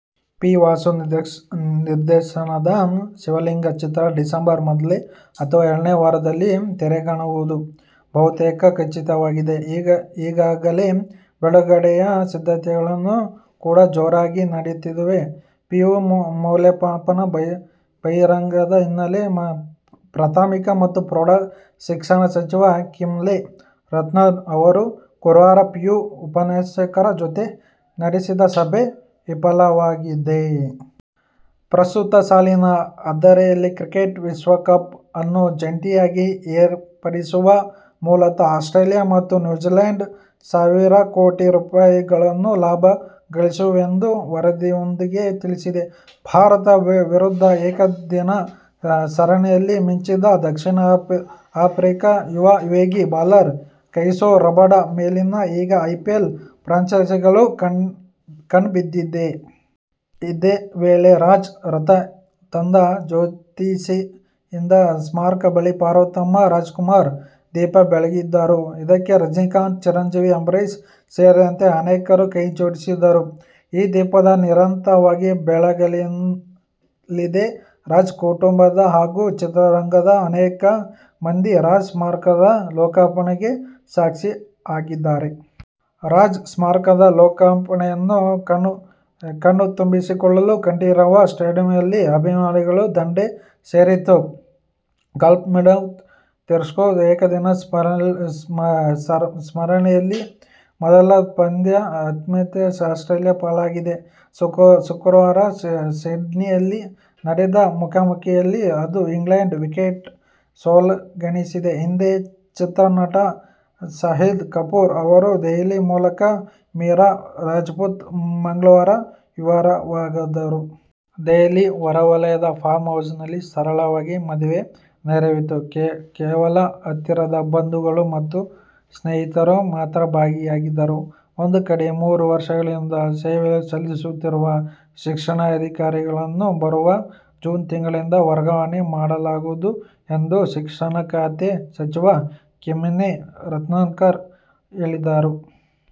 P. Vasu ನಿರ್ದೇಶನದ "ಶಿವಲಿಂಗ' ಚಿತ್ರ December ಮೊದಲ ಅಥವಾ ಎರಡನೇ ವಾರದಲ್ಲಿ ತೆರೆಕಾಣುವುದು ಬಹುತೇಕ ಖಚಿತವಾಗಿದೆ. ಈಗಾಗಲೇ ಬಿಡುಗಡೆಯ ಸಿದ್ಧತೆಗಳು ಕೂಡಾ ಜೋರಾಗಿ ನಡೆಯುತ್ತಿವೆ. ಪಿಯು ಮೌಲ್ಯಮಾಪನ ಬಹಿಷ್ಕಾರದ ಹಿನ್ನೆಲೆಯಲ್ಲಿ ಪ್ರಾಥಮಿಕ ಮತ್ತು ಪ್ರೌಢಶಿಕ್ಷಣ ಸಚಿವ ಕಿಮ್ಮನೆ ರತ್ನಾಕರ್ ಅವರು ಗುರುವಾರ ಪಿಯು ಉಪನ್ಯಾಸಕರ ಜೊತೆ ನಡೆಸಿದ ಸಭೆ ವಿಫಲವಾಗಿದೆ. ಪ್ರಸಕ್ತ ಸಾಲಿನ ಆದಿಯಲ್ಲಿ ಕ್ರಿಕೆಟ್ ವಿಶ್ವಕಪ್ ಅನ್ನು ಜಂಟಿಯಾಗಿ ಏರ್ಪಡಿಸುವ ಮೂಲಕ ಆಸ್ಟ್ರೇಲಿಯ ಮತ್ತು ನ್ಯೂಜೀಲ್ಯಾಂಡ್ ಸಾವಿರ ಕೋಟಿ ರೂ. ಗಳ ಲಾಭ ಗಳಿಸಿವೆಯೆಂದು ವರದಿಯೊಂದು ತಿಳಿಸಿದೆ. ಭಾರತ ವಿರುದ್ಧದ ಏಕದಿನ ಸರಣಿಯಲ್ಲಿ ಮಿಂಚಿದ ದಕ್ಷಿಣ ಆಫ್ರಿಕಾದ ಯುವ ವೇಗದ ಬೌಲರ್ ಕ್ಯಾಗಿಸೊ ರಬಾಡ ಮೇಲೆ ಈಗ ಐಪಿಎಲ್ ಫ್ರಾಂಚೈಸಿಗಳ ಕಣ್ಣುಬಿದ್ದಿದೆಯೇ? ಇದೇ ವೇಳೆ ರಾಜ್ ರಥ ತಂದ ಜ್ಯೋತಿಯಿಂದ ಸ್ಮಾರಕ ಬಳಿ ಪಾರ್ವತಮ್ಮ ರಾಜ್ಕುಮಾರ್ ದೀಪ ಬೆಳಗಿದರು. ಇದಕ್ಕೆ ರಜನಿಕಾಂತ್, ಚಿರಂಜೀವಿ, ಅಂಬರೀಶ್ ಸೇರಿದಂತೆ ಅನೇಕರು ಕೈ ಜೋಡಿಸಿದರು. ಈ ದೀಪ ನಿರಂತರವಾಗಿ ಬೆಳಗಲಿದೆ. ರಾಜ್ ಕುಟುಂಬ ಹಾಗೂ ಚಿತ್ರರಂಗದ ಅನೇಕ ಮಂದಿ ರಾಜ್ ಸ್ಮಾರಕ ಲೋಕಾರ್ಪಣೆಗೆ ಸಾಕ್ಷಿಯಾದರು. ರಾಜ್ ಸ್ಮಾರಕದ ಲೋಕಾರ್ಪಣೆಯನ್ನು ಕಣ್ತುಂಬಿಕೊಳ್ಳಲು ಕಂಠೀರವ ಸ್ಟುಡಿಯೋದಲ್ಲಿ ಅಭಿಮಾನಿಗಳ ದಂಡೇ ಸೇರಿತ್ತು. "ಕಾರ್ಲ್ಟನ್ ಮಿಡ್' ತ್ರಿಕೋನ ಏಕದಿನ ಸರಣಿಯ ಮೊದಲ ಪಂದ್ಯ ಆತಿಥೇಯ ಆಸ್ಟ್ರೇಲಿಯ ಪಾಲಾಗಿದೆ. ಶುಕ್ರವಾರ ಸಿಡ್ನಿಯಲ್ಲಿ ನಡೆದ ಮುಖಾಮುಖೀಯಲ್ಲಿ ಅದು ಇಂಗ್ಲೆಂಡಿಗೆ ವಿಕೆಟ್ಗಳ ಸೋಲುಣಿಸಿದೆ. ಹಿಂದಿ ಚಿತ್ರ ನಟ ಶಾಹಿದ್ ಕಪೂರ್ ಅವರು ದೆಹಲಿ ಮೂಲದ ಮೀರಾ ರಜಪೂತ್ರನ್ನು ಮಂಗಳವಾರ ವಿವಾಹವಾದರು. ದೆಹಲಿ ಹೊರವಲಯದ ಫಾರ್ಮ್ ಹೌಸ್ವೊಂದರಲ್ಲಿ ಸರಳವಾಗಿ ಮದುವೆ ನೆರವೇರಿದ್ದು, ಕೇವಲ ಹತ್ತಿರದ ಸಂಬಂಧಿಗಳು ಮತ್ತು ಸ್ನೇಹಿತರು ಮಾತ್ರ ಭಾಗಿಯಾಗಿದ್ದರು. ಒಂದೇ ಕಡೆ ಮೂರು ವರ್ಷಗಳಿಂದ ಸೇವೆ ಸಲ್ಲಿಸುತ್ತಿರುವ ಶಿಕ್ಷಣಾಧಿಕಾರಿಗಳನ್ನು ಬರುವ ಜೂನ್ ತಿಂಗಳಿಂದ ವರ್ಗಾವಣೆ ಮಾಡಲಾಗುವುದು ಎಂದು ಶಿಕ್ಷಣ ಖಾತೆ ಸಚಿವ ಕಿಮ್ಮನೆ ರತ್ನಾಕರ ಹೇಳಿದರು.